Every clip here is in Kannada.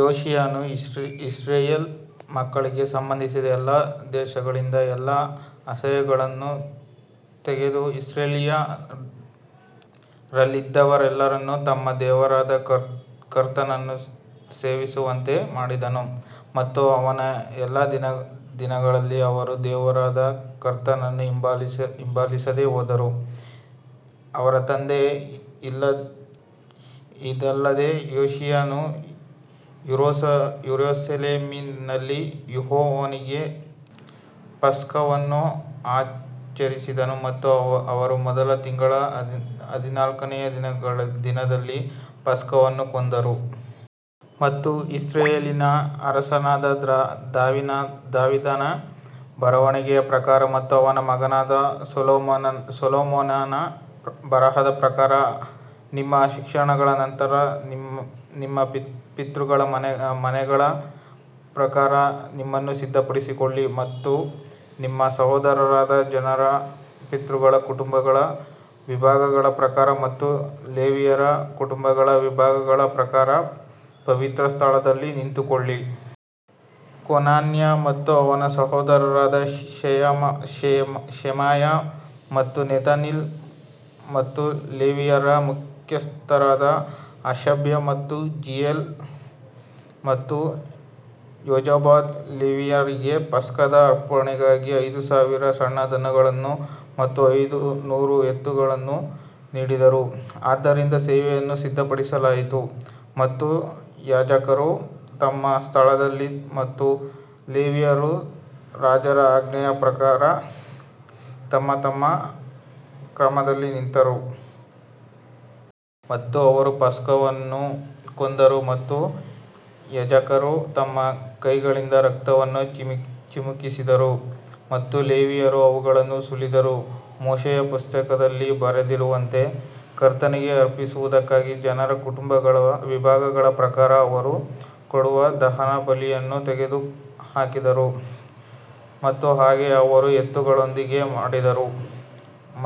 ಯೋಷೀಯನು ಇಸ್ ಇಸ್ರಾಯೇಲ್ ಮಕ್ಕಳಿಗೆ ಸಂಬಂಧಿಸಿದ ಎಲ್ಲಾ ದೇಶಗಳಿಂದ ಎಲ್ಲಾ ಅಸಹ್ಯಗಳನ್ನು ತೆಗೆದು ಇಸ್ರಾಯೇಲ್ಯರಲ್ಲಿದ್ದವರೆಲ್ಲರನ್ನೂ ತಮ್ಮ ದೇವರಾದ ಕರ್ತನನ್ನು ಸೇವಿಸುವಂತೆ ಮಾಡಿದನು ಮತ್ತು ಅವನ ಎಲ್ಲಾ ದಿನಗಳಲ್ಲಿ ಅವರು ದೇವರಾದ ಕರ್ತನನ್ನು ಹಿಂಬಾಲಿಸದೆ ಹೋದರು. ಅವರ ತಂದೆ ಇದಲ್ಲದೆ ಯೋಷೀಯನು ಯೆರೂಸಲೇಮಿನಲ್ಲಿ ಯೆಹೋವನಿಗೆ ಪಸ್ಕವನ್ನು ಆಚರಿಸಿದನು ಮತ್ತು ಅವರು ಮೊದಲ ತಿಂಗಳ ಹದಿನಾಲ್ಕನೆಯ ದಿನದಲ್ಲಿ ಪಸ್ಕವನ್ನು ಕೊಂದರು. ಮತ್ತು ಇಸ್ರಾಯೇಲಿನ ಅರಸನಾದ ದಾವೀದನ ಬರವಣಿಗೆಯ ಪ್ರಕಾರ ಮತ್ತು ಅವನ ಮಗನಾದ ಸೊಲೊಮೋನನ ಬರಹದ ಪ್ರಕಾರ ನಿಮ್ಮ ಶಿಕ್ಷಣಗಳ ನಂತರ ನಿಮ್ಮ ಪಿತೃಗಳ ಮನೆಗಳ ಪ್ರಕಾರ ನಿಮ್ಮನ್ನು ಸಿದ್ಧಪಡಿಸಿಕೊಳ್ಳಿ. ಮತ್ತು ನಿಮ್ಮ ಸಹೋದರರಾದ ಜನರ ಪಿತೃಗಳ ಕುಟುಂಬಗಳ ವಿಭಾಗಗಳ ಪ್ರಕಾರ ಮತ್ತು ಲೇವಿಯರ ಕುಟುಂಬಗಳ ವಿಭಾಗಗಳ ಪ್ರಕಾರ ಪವಿತ್ರ ಸ್ಥಳದಲ್ಲಿ ನಿಂತುಕೊಳ್ಳಿ. ಕೊನನ್ಯ ಮತ್ತು ಅವನ ಸಹೋದರರಾದ ಶೆಮಾಯ ಮತ್ತು ನೆತನೀಲ್ ಮತ್ತು ಲೇವಿಯರ ಮುಖ್ಯಸ್ಥರಾದ ಹಷಬ್ಯ ಮತ್ತು ಜೀಯೇಲ್ ಮತ್ತು ಯೋಜಾಬಾದ್ ಲೇವಿಯರಿಗೆ ಪಸ್ಕದ ಅರ್ಪಣೆಗಾಗಿ ಐದು ಸಾವಿರ ಸಣ್ಣ ದನಗಳನ್ನು ಮತ್ತು ಐದು ನೂರು ಎತ್ತುಗಳನ್ನು ನೀಡಿದರು. ಆದ್ದರಿಂದ ಸೇವೆಯನ್ನು ಸಿದ್ಧಪಡಿಸಲಾಯಿತು ಮತ್ತು ಯಾಜಕರು ತಮ್ಮ ಸ್ಥಳದಲ್ಲಿ ಮತ್ತು ಲೇವಿಯರು ರಾಜರ ಆಜ್ಞೆಯ ಪ್ರಕಾರ ತಮ್ಮ ತಮ್ಮ ಕ್ರಮದಲ್ಲಿ ನಿಂತರು. ಮತ್ತು ಅವರು ಪಸ್ಕವನ್ನು ಕೊಂದರು ಮತ್ತು ಯಾಜಕರು ತಮ್ಮ ಕೈಗಳಿಂದ ರಕ್ತವನ್ನು ಚಿಮುಕಿಸಿದರು ಮತ್ತು ಲೇವಿಯರು ಅವುಗಳನ್ನು ಸುಲಿದರು ಮೋಶೆಯ ಪುಸ್ತಕದಲ್ಲಿ ಬರೆದಿರುವಂತೆ ಕರ್ತನಿಗೆ ಸಮರ್ಪಿಸುವುದಕ್ಕಾಗಿ ಜನರ ಕುಟುಂಬಗಳ ವಿಭಾಗಗಳ ಪ್ರಕಾರ ಅವರು ಕೊಡುವ ದಹನಬಲಿಗಳನ್ನು ತೆಗೆದುಹಾಕಿದರು ಮತ್ತು ಹಾಗೆಯೇ ಅವರು ಎತ್ತುಗಳೊಂದಿಗೆ ಮಾಡಿದರು.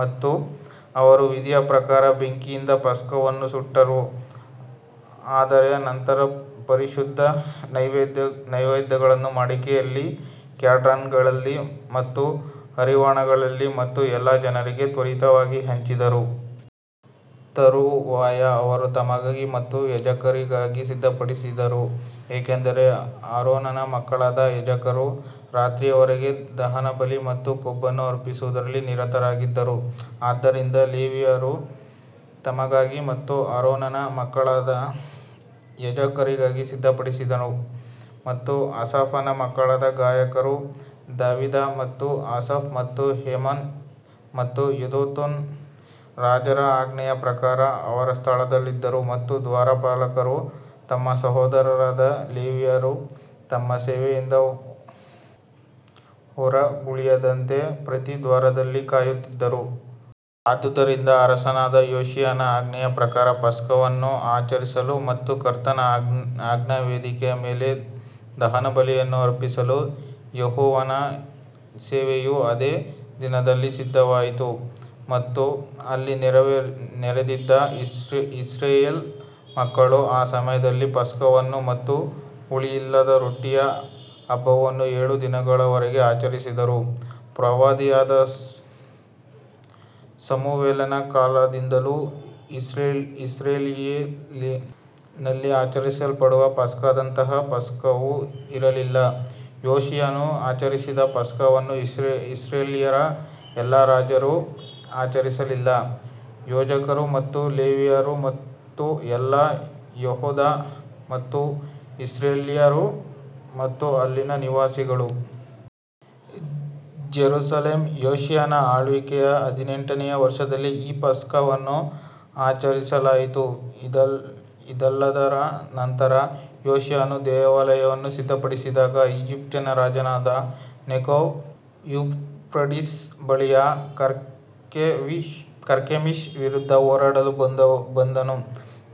ಮತ್ತು ಅವರು ವಿಧಿಯ ಪ್ರಕಾರ ಬೆಂಕಿಯಿಂದ ಪಸ್ಕವನ್ನು ಸುಟ್ಟರು ಆದರೆ ಇತರ ಪರಿಶುದ್ಧ ನೈವೇದ್ಯಗಳನ್ನು ಮಡಕೆಗಳಲ್ಲಿ, ಕ್ಯಾಡ್ರಾನ್ಗಳಲ್ಲಿ ಮತ್ತು ಹರಿವಾಣಗಳಲ್ಲಿ ಮತ್ತು ಎಲ್ಲಾ ಜನರಿಗೆ ತ್ವರಿತವಾಗಿ ಹಂಚಿದರು. ತರುವಾಯ ಅವರು ತಮಗಾಗಿ ಮತ್ತು ಯಾಜಕರಿಗಾಗಿ ಸಿದ್ಧಪಡಿಸಿದರು ಏಕೆಂದರೆ ಆರೋನನ ಮಕ್ಕಳಾದ ಯಾಜಕರು ರಾತ್ರಿಯವರೆಗೆ ದಹನಬಲಿ ಮತ್ತು ಕೊಬ್ಬನ್ನು ಅರ್ಪಿಸುವುದರಲ್ಲಿ ನಿರತರಾಗಿದ್ದರು, ಆದ್ದರಿಂದ ಲೇವಿಯರು ತಮಗಾಗಿ ಮತ್ತು ಆರೋನನ ಮಕ್ಕಳಾದ ಯಾಜಕರಿಗಾಗಿ ಸಿದ್ಧಪಡಿಸಿದರು. ಮತ್ತು ಆಸಾಫನ ಮಕ್ಕಳಾದ ಗಾಯಕರು ದಾವೀದ ಮತ್ತು ಆಸಾಫ್ ಮತ್ತು ಹೇಮಾನ್ ಮತ್ತು ಯೆದುತೂನ್ ರಾಜರ ಆಜ್ಞೆಯ ಪ್ರಕಾರ ಅವರ ಸ್ಥಾನದಲ್ಲಿದ್ದರು ಮತ್ತು ದ್ವಾರಪಾಲಕರು ತಮ್ಮ ಸಹೋದರರಾದ ಲೇವಿಯರು ತಮ್ಮ ಸೇವೆಯಿಂದ ಹೊರಗುಳಿಯದಂತೆ ಪ್ರತಿ ದ್ವಾರದಲ್ಲಿ ಕಾಯುತ್ತಿದ್ದರು. ಆದುದರಿಂದ ಅರಸನಾದ ಯೋಷೀಯನ ಆಜ್ಞೆಯ ಪ್ರಕಾರ ಪಸ್ಕವನ್ನು ಆಚರಿಸಲು ಮತ್ತು ಕರ್ತನ ಯಜ್ಞವೇದಿಯ ಮೇಲೆ ದಹನಬಲಿಗಳನ್ನು ಅರ್ಪಿಸಲು ಯೆಹೋವನ ಸೇವೆಯು ಅದೇ ದಿನದಲ್ಲಿ ಸಿದ್ಧವಾಯಿತು. ಮತ್ತು ಅಲ್ಲಿ ನೆರೆದಿದ್ದ ಇಸ್ರಾಯೇಲ್ ಮಕ್ಕಳು ಆ ಸಮಯದಲ್ಲಿ ಪಸ್ಕವನ್ನು ಮತ್ತು ಹುಳಿಯಿಲ್ಲದ ರೊಟ್ಟಿಯ ಹಬ್ಬವನ್ನು ಏಳು ದಿನಗಳವರೆಗೆ ಆಚರಿಸಿದರು ಪ್ರವಾದಿಯಾದ ಸಮುವೇಲನ ಕಾಲದಿಂದಲೂ ಇಸ್ರಾಯೇಲಿನಲ್ಲಿ ಆಚರಿಸಲ್ಪಡುವ ಪಸ್ಕದಂತಹ ಪಸ್ಕವು ಇರಲಿಲ್ಲ, ಯೋಷೀಯನು ಆಚರಿಸಿದ ಪಸ್ಕವನ್ನು ಇಸ್ರಾಯೇಲ್ಯರ ಎಲ್ಲಾ ರಾಜರು ಆಚರಿಸಲಿಲ್ಲ, ಯಾಜಕರು ಮತ್ತು ಲೇವಿಯರು ಮತ್ತು ಎಲ್ಲಾ ಯೆಹೂದ ಮತ್ತು ಇಸ್ರಾಯೇಲ್ಯರು ಮತ್ತು ಅಲ್ಲಿನ ನಿವಾಸಿಗಳು. ಜೆರುಸಲೇಮ್ ಯೋಷೀಯನ ಆಳ್ವಿಕೆಯ ಹದಿನೆಂಟನೆಯ ವರ್ಷದಲ್ಲಿ ಈ ಪಸ್ಕವನ್ನು ಆಚರಿಸಲಾಯಿತು ಇದೆಲ್ಲದರ ನಂತರ, ಯೋಷೀಯನು ದೇವಾಲಯವನ್ನು ಸಿದ್ಧಪಡಿಸಿದಾಗ, ಈಜಿಪ್ಟಿನ ರಾಜನಾದ ನೆಕೋ ಯೂಫ್ರಟೀಸ್ ಬಳಿಯ ಕರ್ಕೆಮಿಶ್ ವಿರುದ್ಧ ಹೋರಾಡಲು ಬಂದನು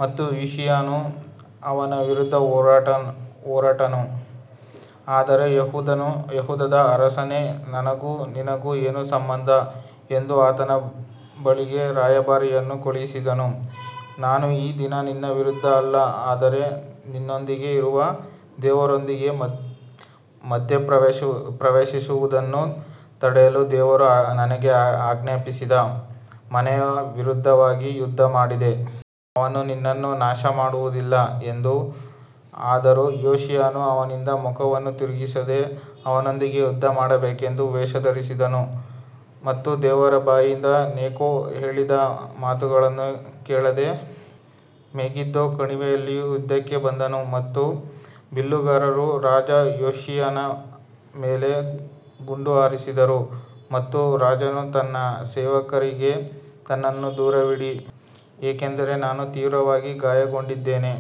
ಮತ್ತು ಯೋಷೀಯನು ಅವನ ವಿರುದ್ಧ ಹೊರಟನು. ಆದರೆ ಯೆಹೂದದ ಅರಸನೇ, ನನಗೂ ನಿನಗೂ ಏನು ಸಂಬಂಧ ಎಂದು ಆತನ ಬಳಿಗೆ ರಾಯಭಾರಿಗಳನ್ನು ಕಳುಹಿಸಿದನು, ನಾನು ಈ ದಿನ ನಿನ್ನ ವಿರುದ್ಧ ಅಲ್ಲ ಆದರೆ ನನ್ನೊಂದಿಗೆ ಇರುವ ದೇವರೊಂದಿಗೆ ಮಧ್ಯಪ್ರವೇಶಿಸುವುದನ್ನು ತಡೆಯಲು ದೇವರು ನನಗೆ ಆಜ್ಞಾಪಿಸಿದ ಮನೆಯ ವಿರುದ್ಧವಾಗಿ ಯುದ್ಧಮಾಡಿದೆ. ಅವನು ನಿನ್ನನ್ನು ನಾಶಮಾಡುವುದಿಲ್ಲ ಎಂದು ಆದರೂ ಯೋಷೀಯನು ಅವನಿಂದ ಮುಖವನ್ನು ತಿರುಗಿಸದೆ ಅವನೊಂದಿಗೆ ಯುದ್ಧಮಾಡಬೇಕೆಂದು ವೇಷ ಧರಿಸಿದನು ಮತ್ತು ದೇವರ ಬಾಯಿಂದ ನೆಕೋ ಹೇಳಿದ ಮಾತುಗಳನ್ನು ಕೇಳದೆ ಮೆಗಿದ್ದೋ ಕಣಿವೆಯಲ್ಲಿ ಯುದ್ಧಕ್ಕೆ ಬಂದನು. ಮತ್ತು ಬಿಲ್ಲುಗಾರರು ರಾಜ ಯೋಷೀಯನ ಮೇಲೆ ಗುಂಡು ಹಾರಿಸಿದರು ಮತ್ತು ರಾಜನು ತನ್ನ ಸೇವಕರಿಗೆ ನನ್ನನ್ನು ದೂರವಿಡಿ, ಏಕೆಂದರೆ ನಾನು ತೀವ್ರವಾಗಿ ಗಾಯಗೊಂಡಿದ್ದೇನೆ.